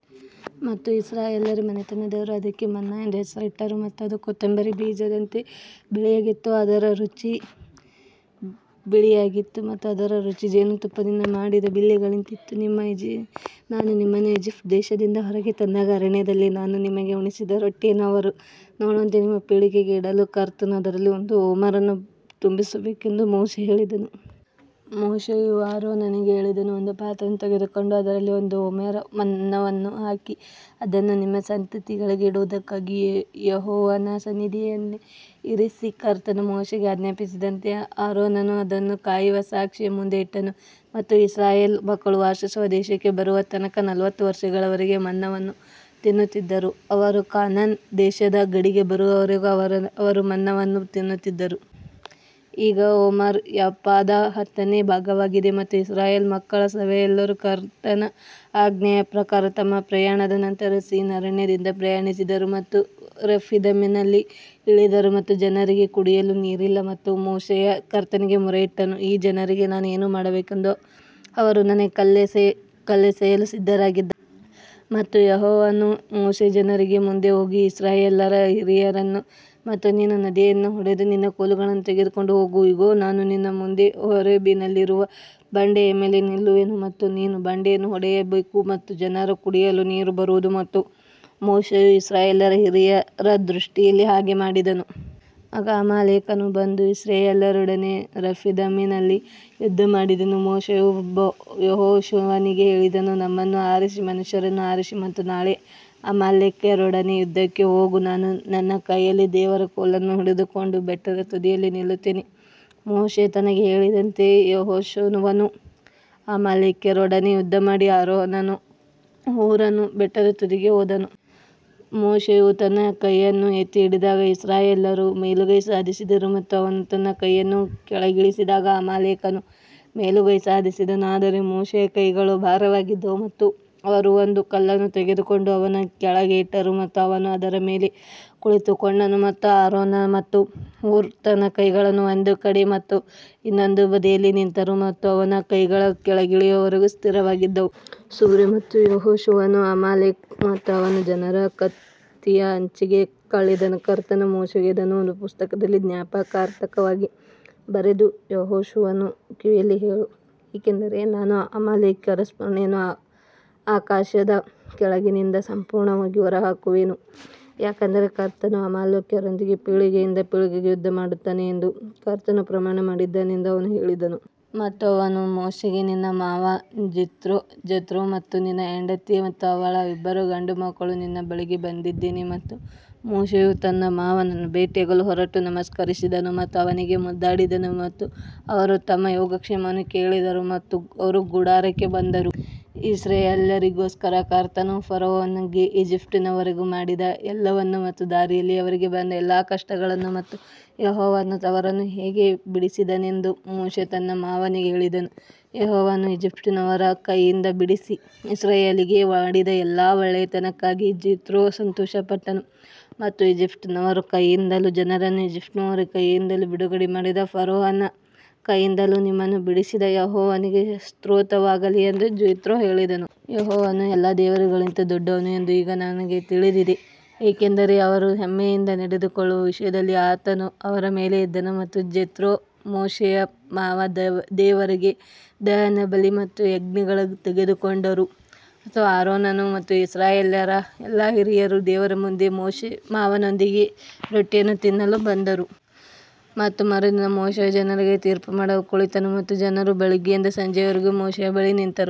ಮತ್ತು ಇಸ್ರಾಯೇಲ್ಯರ ಮನೆತನದವರು ಅದಕ್ಕೆ ಮನ್ನಾ ಎಂದು ಹೆಸರಿಟ್ಟರು ಮತ್ತು ಅದು ಕೊತ್ತಂಬರಿ ಬೀಜದಂತೆ ಬಿಳಿಯಾಗಿತ್ತು ಮತ್ತು ಅದರ ರುಚಿ ಜೇನುತುಪ್ಪದಿಂದ ಮಾಡಿದ ಬಿಲ್ಲೆಗಳಂತಿತ್ತು. ನಾನು ನಿಮ್ಮನ್ನು ಈಜಿಪ್ಟ್ ದೇಶದಿಂದ ಹೊರಗೆ ತಂದಾಗ ಅರಣ್ಯದಲ್ಲಿ ನಾನು ನಿಮಗೆ ಉಣಿಸಿದ ರೊಟ್ಟಿಯನ್ನು ಅವರು ನೋಡುವಂತೆ ನಿಮ್ಮ ಪೀಳಿಗೆಗೆ ಇಡಲು ಕರ್ತನು ಅದರಲ್ಲಿ ಒಂದು ಓಮರ್ ಅನ್ನು ತುಂಬಿಸಬೇಕೆಂದು ಮೋಶೆ ಹೇಳಿದನು. ಮೋಶೆಯು ಆರೋನನಿಗೆ ಹೇಳಿದನು, ಒಂದು ಪಾತ್ರೆಯನ್ನು ತೆಗೆದುಕೊಂಡು ಅದರಲ್ಲಿ ಒಂದು ಓಮೆರ್ ಮನ್ನವನ್ನು ಹಾಕಿ ಅದನ್ನು ನಿಮ್ಮ ಸಂತತಿಗಳಿಗೆ ಇಡುವುದಕ್ಕಾಗಿ ಯೆಹೋವನ ಸನ್ನಿಧಿಯಲ್ಲಿ ಇರಿಸಿ. ಕರ್ತನು ಮೋಶೆಗೆ ಆಜ್ಞಾಪಿಸಿದಂತೆ ಆರೋನನು ಅದನ್ನು ಕಾಯುವ ಸಾಕ್ಷಿಯ ಮುಂದೆ ಇಟ್ಟನು ಮತ್ತು ಇಸ್ರಾಯೇಲ್ ಮಕ್ಕಳು ವಾಸಿಸುವ ದೇಶಕ್ಕೆ ಬರುವ ತನಕ ನಲವತ್ತು ವರ್ಷಗಳವರೆಗೆ ಮನ್ನವನ್ನು ತಿನ್ನುತ್ತಿದ್ದರು ಅವರು ಕಾನಾನ್ ದೇಶದ ಗಡಿಗೆ ಬರುವವರೆಗೂ ಅವರು ಮನ್ನವನ್ನು ತಿನ್ನುತ್ತಿದ್ದರು. ಈಗ ಓಮರ್ ಎಫಾದ ಹತ್ತನೇ ಭಾಗವಾಗಿದೆ ಮತ್ತು ಇಸ್ರಾಯೇಲ್ ಮಕ್ಕಳ ಸಭೆಯೆಲ್ಲರು ಕರ್ತನ ಆಜ್ಞೆಯ ಪ್ರಕಾರ ತಮ್ಮ ಪ್ರಯಾಣದ ನಂತರ ಸಿನ್ ಅರಣ್ಯದಿಂದ ಪ್ರಯಾಣಿಸಿದರು ಮತ್ತು ರೆಫಿದೀಮಿನಲ್ಲಿ ಇಳಿದರು ಮತ್ತು ಜನರಿಗೆ ಕುಡಿಯಲು ನೀರಿಲ್ಲ. ಮತ್ತು ಮೋಶೆಯು ಕರ್ತನಿಗೆ ಮೊರೆಯಿಟ್ಟನು, ಈ ಜನರಿಗೆ ನಾನು ಏನು ಮಾಡಬೇಕೆಂದು ಅವರು ನನಗೆ ಕಲ್ಲೆಸೆಯಲು ಸಿದ್ಧರಾಗಿದ್ದಾರೆ. ಮತ್ತು ಯೆಹೋವನು ಮೋಶೆಗೆ ಜನರ ಮುಂದೆ ಹೋಗಿ ಇಸ್ರಾಯೇಲ್ಯರ ಹಿರಿಯರನ್ನು ಮತ್ತು ನೀನು ನದಿಯನ್ನು ಹೊಡೆದ ನಿನ್ನ ಕೋಲನ್ನು ತೆಗೆದುಕೊಂಡು ಹೋಗು. ಇಗೋ, ನಾನು ನಿನ್ನ ಮುಂದೆ ಹೋರೇಬಿನಲ್ಲಿರುವ ಬಂಡೆಯ ಮೇಲೆ ನಿಲ್ಲುವೆನು ಮತ್ತು ನೀನು ಬಂಡೆಯನ್ನು ಹೊಡೆಯಬೇಕು ಮತ್ತು ಜನರು ಕುಡಿಯಲು ನೀರು ಬರುವುದು ಮತ್ತು ಮೋಶೆಯು ಇಸ್ರಾಯೇಲ್ಯರ ಹಿರಿಯರ ದೃಷ್ಟಿಯಲ್ಲಿ ಹಾಗೆ ಮಾಡಿದನು. ಆಗ ಅಮಾಲೇಕನು ಬಂದು ಇಸ್ರಾಯೇಲ್ಯರೊಡನೆ ರೆಫಿದಿಮಿನಲ್ಲಿ ಯುದ್ಧಮಾಡಿದನು ಮೋಶೆಯು ಯೆಹೋಶುವನಿಗೆ ಹೇಳಿದನು, ನಮ್ಮನ್ನು ಆರಿಸಿ ಮನುಷ್ಯರನ್ನು ಆರಿಸಿ ಮತ್ತು ನಾಳೆ ಅಮಾಲೇಕ್ಯರೊಡನೆ ಯುದ್ಧಕ್ಕೆ ಹೋಗು, ನಾನು ನನ್ನ ಕೈಯಲ್ಲಿ ದೇವರ ಕೋಲನ್ನು ಹಿಡಿದುಕೊಂಡು ಬೆಟ್ಟದ ತುದಿಯಲ್ಲಿ ನಿಲ್ಲುತ್ತೇನೆ. ಮೋಶೆ ತನಗೆ ಹೇಳಿದಂತೆಯೇ ಯೆಹೋಶುವನು ಅಮಾಲೇಕ್ಯರೊಡನೆ ಯುದ್ಧಮಾಡಿ ಆರೋನನೂ ಹೂರನೂ ಬೆಟ್ಟದ ತುದಿಗೆ ಹೋದನು. ಮೋಶೆಯು ತನ್ನ ಕೈಯನ್ನು ಎತ್ತಿ ಹಿಡಿದಾಗ ಇಸ್ರಾಯೇಲ್ಯರು ಮೇಲುಗೈ ಸಾಧಿಸಿದರು ಮತ್ತು ಅವನು ತನ್ನ ಕೈಯನ್ನು ಕೆಳಗಿಳಿಸಿದಾಗ ಅಮಾಲೇಕನು ಮೇಲುಗೈ ಸಾಧಿಸಿದನು. ಆದರೆ ಮೋಶೆಯ ಕೈಗಳು ಭಾರವಾಗಿದ್ದವು ಮತ್ತು ಅವರು ಒಂದು ಕಲ್ಲನ್ನು ತೆಗೆದುಕೊಂಡು ಅವನ ಕೆಳಗೆ ಇಟ್ಟರು ಮತ್ತು ಅವನು ಅದರ ಮೇಲೆ ಕುಳಿತುಕೊಂಡನು ಮತ್ತು ಆರೋನ ಮತ್ತು ಹೂರ್ ತನ್ನ ಕೈಗಳನ್ನು ಒಂದು ಕಡೆ ಮತ್ತು ಇನ್ನೊಂದು ಬದಿಯಲ್ಲಿ ನಿಂತರು ಮತ್ತು ಅವನ ಕೈಗಳು ಕೆಳಗಿಳಿಯುವವರೆಗೂ ಸ್ಥಿರವಾಗಿದ್ದವು. ಸೂರ್ಯ ಮತ್ತು ಯೆಹೋಶುವನು ಅಮಾಲೇಕ್ ಮತ್ತು ಅವನ ಜನರನ್ನು ಕತ್ತಿಯ ಅಂಚಿಗೆ ತಳ್ಳಿದನು ಕರ್ತನು ಮೋಶೆಗೆ ಇದನ್ನು ಒಂದು ಪುಸ್ತಕದಲ್ಲಿ ಜ್ಞಾಪಕಾರ್ಥವಾಗಿ ಬರೆದು ಯೆಹೋಶುವನ ಕಿವಿಯಲ್ಲಿ ಹೇಳು, ಏಕೆಂದರೆ ನಾನು ಅಮಾಲೇಕ್ಯರ ಸ್ಮರಣೆಯನ್ನು ಆಕಾಶದ ಕೆಳಗಿನಿಂದ ಸಂಪೂರ್ಣವಾಗಿ ಹೊರಹಾಕುವೆನು. ಯಾಕಂದರೆ ಕರ್ತನು ಅಮಾಲೇಕ್ಯರೊಂದಿಗೆ ಪೀಳಿಗೆಯಿಂದ ಪೀಳಿಗೆಗೆ ಯುದ್ಧ ಮಾಡುತ್ತಾನೆ ಎಂದು ಕರ್ತನು ಪ್ರಮಾಣ ಮಾಡಿದ್ದಾನೆಂದು ಅವನು ಹೇಳಿದನು. ಮತ್ತು ಅವನು ಮೋಶೆಗೆ ನಿನ್ನ ಮಾವ ಜೆತ್ರೋ ಮತ್ತು ನಿನ್ನ ಹೆಂಡತಿ ಮತ್ತು ಅವಳ ಇಬ್ಬರು ಗಂಡುಮಕ್ಕಳು ನಿನ್ನ ಬಳಿಗೆ ಬಂದಿದ್ದೇನೆ. ಮತ್ತು ಮೋಶೆಯು ತನ್ನ ಮಾವನನ್ನು ಭೇಟಿಯಾಗಲು ಹೊರಟು ನಮಸ್ಕರಿಸಿದನು ಮತ್ತು ಅವನಿಗೆ ಮುದ್ದಾಡಿದನು ಮತ್ತು ಅವರು ತಮ್ಮ ಯೋಗಕ್ಷೇಮವನ್ನು ಕೇಳಿದರು ಮತ್ತು ಅವರು ಗುಡಾರಕ್ಕೆ ಬಂದರು. ಇಸ್ರಾಯೇಲ್ಯರಿಗೋಸ್ಕರ ಕರ್ತನು ಫರೋಹನಿಗೂ ಈಜಿಪ್ಟಿನವರಿಗೂ ಮಾಡಿದ ಎಲ್ಲವನ್ನೂ ಮತ್ತು ದಾರಿಯಲ್ಲಿ ಅವರಿಗೆ ಬಂದ ಎಲ್ಲಾ ಕಷ್ಟಗಳನ್ನು ಮತ್ತು ಯೆಹೋವನು ಅವರನ್ನು ಹೇಗೆ ಬಿಡಿಸಿದನೆಂದು ಮೋಶೆ ತನ್ನ ಮಾವನಿಗೆ ಹೇಳಿದನು. ಯೆಹೋವನು ಈಜಿಪ್ಟಿನವರ ಕೈಯಿಂದ ಬಿಡಿಸಿದ ಇಸ್ರಾಯೇಲಿಗೆ ಮಾಡಿದ ಎಲ್ಲಾ ಒಳ್ಳೆಯತನಕ್ಕಾಗಿ ಜೆತ್ರೋ ಸಂತೋಷಪಟ್ಟನು. ಮತ್ತು ಈಜಿಪ್ಟಿನವರ ಕೈಯಿಂದಲೂ ಜನರನ್ನು ಈಜಿಪ್ಟಿನವರ ಕೈಯಿಂದ ಬಿಡುಗಡೆ ಮಾಡಿದ ಫರೋಹನ ಕೈಯಿಂದಲೂ ನಿಮ್ಮನ್ನು ಬಿಡಿಸಿದ ಯೆಹೋವನಿಗೆ ಸ್ತೋತ್ರವಾಗಲಿ ಎಂದು ಜೆತ್ರೋ ಹೇಳಿದನು. ಯೆಹೋವನು ಎಲ್ಲಾ ದೇವರುಗಳಿಗಿಂತ ದೊಡ್ಡವನು ಎಂದು ಈಗ ನನಗೆ ತಿಳಿದಿದೆ ಏಕೆಂದರೆ ಅವರು ಹೆಮ್ಮೆಯಿಂದ ನಡೆದುಕೊಳ್ಳುವ ವಿಷಯದಲ್ಲಿ ಆತನು ಅವರ ಮೇಲೆ ಇದ್ದನು. ಮತ್ತು ಜೆತ್ರೋ ಮೋಶೆಯ ಮಾವ ದೇವರಿಗೆ ದಹನಬಲಿ ಮತ್ತು ಯಜ್ಞಗಳನ್ನು ತೆಗೆದುಕೊಂಡರು ಮತ್ತು ಆರೋನನು ಮತ್ತು ಇಸ್ರಾಯೇಲ್ಯರ ಎಲ್ಲಾ ಹಿರಿಯರು ದೇವರ ಮುಂದೆ ಮೋಶೆ ಮಾವನೊಂದಿಗೆ ರೊಟ್ಟಿಯನ್ನು ತಿನ್ನಲು ಬಂದರು. ಮತ್ತು ಮರುದಿನ ಮೋಶೆಯು ಜನರಿಗೆ ತೀರ್ಪುಮಾಡಲು ಕುಳಿತನು ಮತ್ತು ಜನರು ಬೆಳಿಗ್ಗೆಯಿಂದ ಸಂಜೆಯವರೆಗೆ ಮೋಶೆಯ ಬಳಿ ನಿಂತರು.